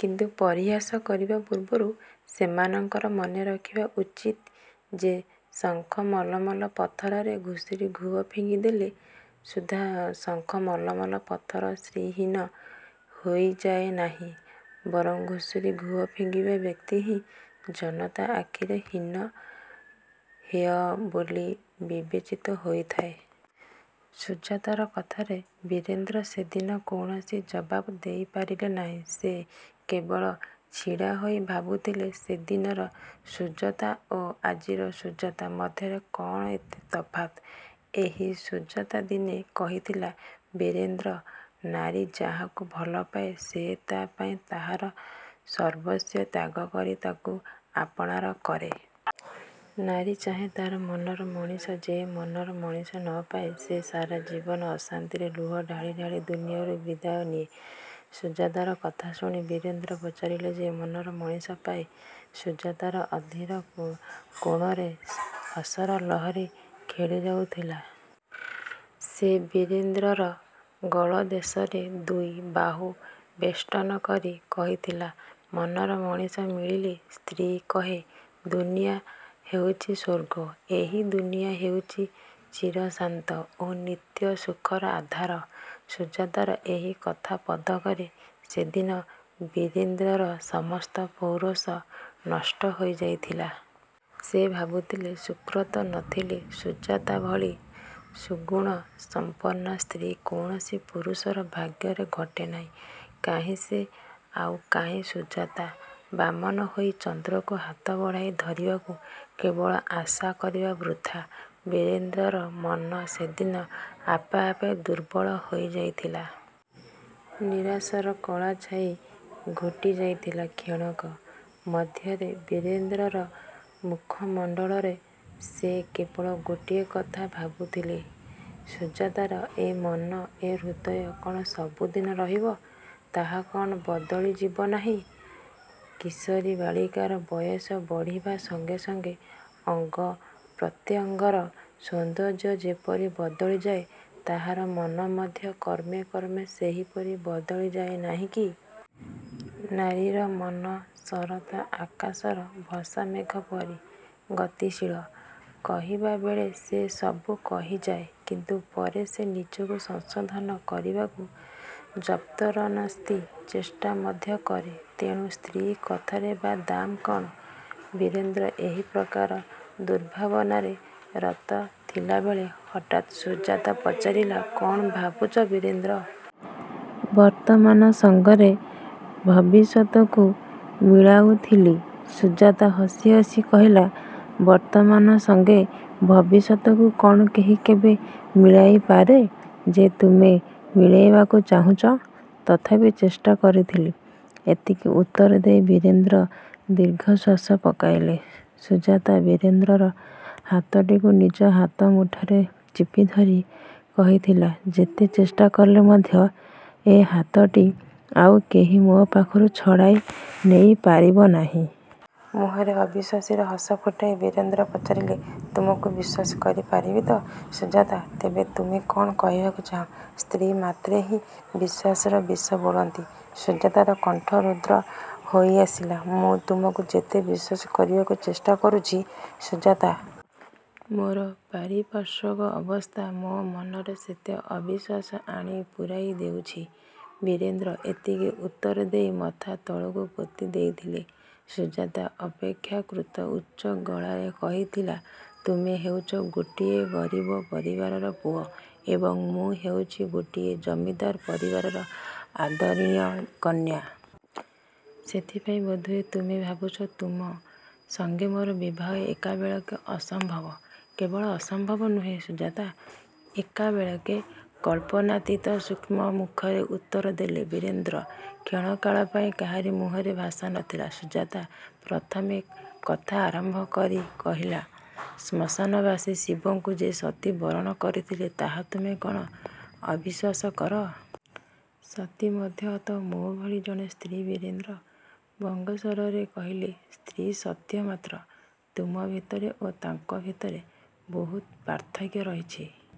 କିନ୍ତୁ ପରିହାସ କରିବା ପୂର୍ବରୁ ସେମାନଙ୍କର ମନେରଖିବା ଉଚିତ ଯେ ଶଙ୍ଖମଲମଲ ପଥରରେ ଘୁଷୁରି ଗୁହ ଫିଙ୍ଗିଦେଲେ ସୁଦ୍ଧା ଶଙ୍ଖମଲମଲ ପଥର ଶ୍ରୀହୀନ ହୋଇଯାଏ ନାହିଁ, ବରଂ ଘୁଷୁରି ଗୁହ ଫିଙ୍ଗିବା ବ୍ୟକ୍ତି ହିଁ ଜନତା ଆଖିରେ ହୀନ ଓ ହେୟ ବୋଲି ବିବେଚିତ ହୋଇଥାଏ। '' ସୁଜାତାର କଥାରେ ବୀରେନ୍ଦ୍ର ସେଦିନ କୌଣସି ଜବାବ୍ ଦେଇପାରିଲେ ନାହିଁ। ସେ କେବଳ ଛିଡ଼ାହୋଇ ଭାବୁଥିଲେ ସେଦିନର ସୁଜାତା ଓ ଆଜିର ସୁଜାତା ମଧ୍ୟରେ କ'ଣ ଏତେ ତଫାତ୍? ଏହି ସୁଜାତା ଦିନେ କହିଥିଲା ''ବୀରେନ୍ଦ୍ର! ନାରୀ ଯାହାକୁ ଭଲପାଏ ସେ ତା' ପାଇଁ ତାହାର ସର୍ବସ୍ୱ ତ୍ୟାଗ କରି ତାକୁ ଆପଣାର କରେ। ନାରୀ ଚାହେଁ ତା'ର ମନର ମଣିଷ। ଯେ ମନର ମଣିଷ ନ ପାଏ ସେ ସାରା ଜୀବନ ଅଶାନ୍ତିରେ ଲୁହ ଢାଳି ଢାଳି ଦୁନିଆରୁ ବିଦାୟ ନିଏ। '' ସୁଜାତାର କଥା ଶୁଣି ବୀରେନ୍ଦ୍ର ପଚାରିଲେ ''ଯେ ମନର ମଣିଷ ପାଏ? '' ସୁଜାତାର ଅଧର କୋଣରେ ହସର ଲହରୀ ଖେଳିଯାଇଥିଲା। ସେ ବୀରେନ୍ଦ୍ରର ଗଳଦେଶରେ ଦୁଇବାହୁ ବେଷ୍ଟନ କରି କହିଥିଲା ''ମନର ମଣିଷ ମିଳିଲେ ସ୍ତ୍ରୀ କହେ ଦୁନିଆ ହେଉଛି ସ୍ୱର୍ଗ। ଏହି ଦୁନିଆ ହେଉଛି ଚିରଶାନ୍ତ ଓ ନିତ୍ୟ ସୁଖର ଆଧାର। '' ସୁଜାତାର ଏହି କଥା ପଦକରେ ସେଦିନ ବୀରେନ୍ଦ୍ରର ସମସ୍ତ ପୌରୁଷ ନଷ୍ଟ ହୋଇଯାଇଥିଲା। ସେ ଭାବୁଥିଲେ ସୁକୃତ ନ ଥିଲେ ସୁଜାତା ଭଳି ସୁଗୁଣ ସମ୍ପନ୍ନା ସ୍ତ୍ରୀ କୌଣସି ପୁରୁଷର ଭାଗ୍ୟରେ ଘଟେ ନାହିଁ। କାହିଁ ସେ, ଆଉ କାହିଁ ସୁଜାତା? ବାମନ ହୋଇ ଚନ୍ଦ୍ରକୁ ହାତ ବଢ଼ାଇ ଧରିବାକୁ କେବଳ ଆଶା କରିବା ବୃଥା। ବୀରେନ୍ଦ୍ରର ମନ ସେଦିନ ଆପେ ଆପେ ଦୁର୍ବଳ ହୋଇଯାଇଥିଲା। ନିରାଶାର କଳା ଛାଇ ଘୋଟିଯାଇଥିଲା କ୍ଷଣକ ମଧ୍ୟରେ ବୀରେନ୍ଦ୍ରର ମୁଖମଣ୍ଡଳରେ। ସେ କେବଳ ଗୋଟିଏ କଥା ଭାବୁଥିଲେ। ସୁଜାତାର ଏ ମନ, ଏ ହୃଦୟ କ'ଣ ସବୁଦିନେ ରହିବ? ତାହା କ'ଣ ବଦଳି ଯିବ ନାହିଁ? କିଶୋରୀ ବାଳିକାର ବୟସ ବଢ଼ିବା ସଙ୍ଗେ ସଙ୍ଗେ ଅଙ୍ଗ ପ୍ରତ୍ୟଙ୍ଗର ସୌନ୍ଦର୍ଯ୍ୟ ଯେପରି ବଦଳିଯାଏ ତାହାର ମନ ମଧ୍ୟ କ୍ରମେ କ୍ରମେ ସେହିପରି ବଦଳିଯାଏ ନାହିଁ କି? ନାରୀର ମନ ଶରତ ଆକାଶର ଭସାମେଘ ପରି ଗତିଶୀଳ। କହିବାବେଳେ ସେ ସବୁ କହିଯାଏ; କିନ୍ତୁ ପରେ ସେ ନିଜକୁ ସଂଶୋଧନ କରିବାକୁ ଯତ୍ପରୋନାସ୍ତି ଚେଷ୍ଟା ମଧ୍ୟ କରେ। ତେଣୁ ସ୍ତ୍ରୀ କଥାର ବା ଦାମ କ'ଣ? ବୀରେନ୍ଦ୍ର ଏହିପ୍ରକାର ଦୁର୍ଭାବନାରେ ରତ ଥିଲାବେଳେ ହଠାତ୍ ସୁଜାତା ପଚାରିଲା, ''କ'ଣ ଭାବୁଛ ବୀରେନ୍ଦ୍ର? '' ''ବର୍ତ୍ତମାନ ସଙ୍ଗରେ ଭବିଷ୍ୟତକୁ ମିଳାଉଥିଲି। '' ସୁଜାତା ହସି ହସି କହିଲା, ''ବର୍ତ୍ତମାନ ସଙ୍ଗେ ଭବିଷ୍ୟତକୁ କ'ଣ କେହି କେବେ ମିଳାଇପାରେ ଯେ ତୁମେ ମିଳାଇବାକୁ ଯାଉଛ? '' ''ତଥାପି ଚେଷ୍ଟା କରୁଥିଲି। '' ଏତିକି ଉତ୍ତର ଦେଇ ବୀରେନ୍ଦ୍ର ଦୀର୍ଘଶ୍ୱାସ ପକାଇଲେ। ସୁଜାତା ବୀରେନ୍ଦ୍ରର ହାତଟିକୁ ନିଜ ହାତମୁଠାରେ ଚିପିଧରି କହିଥିଲା, ''ଯେତେ ଚେଷ୍ଟା କଲେ ମଧ୍ୟ ଏ ହାତଟି ଆଉ କେହି ମୋ ପାଖରୁ ଛଡ଼ାଇ ନେଇ ପାରିବ ନାହିଁ। '' ମୁଖରେ ଅବିଶ୍ୱାସର ହସ ଫୁଟାଇ ବୀରେନ୍ଦ୍ର ପଚାରିଲେ ''ତୁମକୁ ବିଶ୍ୱାସ କରିପାରିବି ତ ସୁଜାତା? '' ''ତେବେ ତୁମେ କ'ଣ କହିବାକୁ ଚାହଁ, ସ୍ତ୍ରୀ ମାତ୍ରେହିଁ ବିଶ୍ୱାସରେ ବିଷ ବୋଳନ୍ତି? '' ସୁଜାତାର କଣ୍ଠ ରୁଦ୍ଧ ହୋଇଆସିଲା। '' ମୁଁ ତୁମକୁ ଯେତେ ବିଶ୍ୱାସ କରିବାକୁ ଚେଷ୍ଟା କରୁଛି ସୁଜାତା! ମୋର ପାରିପାର୍ଶ୍ୱିକ ଅବସ୍ଥା ମୋ ମନରେ ସେତେ ଅବିଶ୍ୱାସ ଆଣି ପୂରାଇ ଦେଉଛି। ବୀରେନ୍ଦ୍ର ଏତିକି ଉତ୍ତରଦେଇ ମଥା ତଳକୁ ପୋତିଦେଇଥିଲେ। ସୁଜାତା ଅପେକ୍ଷାକୃତ ଉଚ୍ଚ ଗଳାରେ କହିଥିଲା, ''ତୁମେ ହେଉଛ ଗୋଟିଏ ଗରିବ ପରିବାରର ପୁଅ ଏବଂ ମୁଁ ହେଉଛି ଗୋଟିଏ ଜମିଦାର ପରିବାରର ଆଦରଣୀୟା କନ୍ୟା। ସେଥିପାଇଁ ବୋଧହୁଏ ତୁମେ ଭାବୁଛ ତୁମ ସଙ୍ଗେ ମୋର ବିବାହ ଏକାବେଳକେ ଅସମ୍ଭବ। '' ''କେବଳ ଅସମ୍ଭବ ନୁହେଁ ସୁଜାତା! ଏକାବେଳକେ କଳ୍ପନାତୀତ। ଶୁଷ୍କ ମୁଖରେ ଉତ୍ତରଦେଲେ ବୀରେନ୍ଦ୍ର। '' କ୍ଷଣକାଳ ପାଇଁ କାହାରି ମୁହଁରେ ଭାଷା ନ ଥିଲା। ସୁଜାତା ପ୍ରଥମେ କଥା ଆରମ୍ଭ କରି କହିଲା, ''ଶ୍ମଶାନବାସୀ ଶିବଙ୍କୁ ଯେ ସତୀ ବରଣ କରିଥିଲେ ତାହା ତୁମେ କ'ଣ ଅବିଶ୍ୱାସ କର? ସତୀ ମଧ୍ୟ ତ ମୋ ଭଳି ଜଣେ ସ୍ତ୍ରୀ। '' ବୀରେଦ୍ର ବ୍ୟଙ୍ଗ ସ୍ୱରରେ କହିଲେ, ''ସ୍ତ୍ରୀ ସତ୍ୟ, ମାତ୍ର ତୁମ ଭିତରେ ଓ ତାଙ୍କ ଭିତରେ ବହୁତ ପାର୍ଥକ୍ୟ ରହିଛି।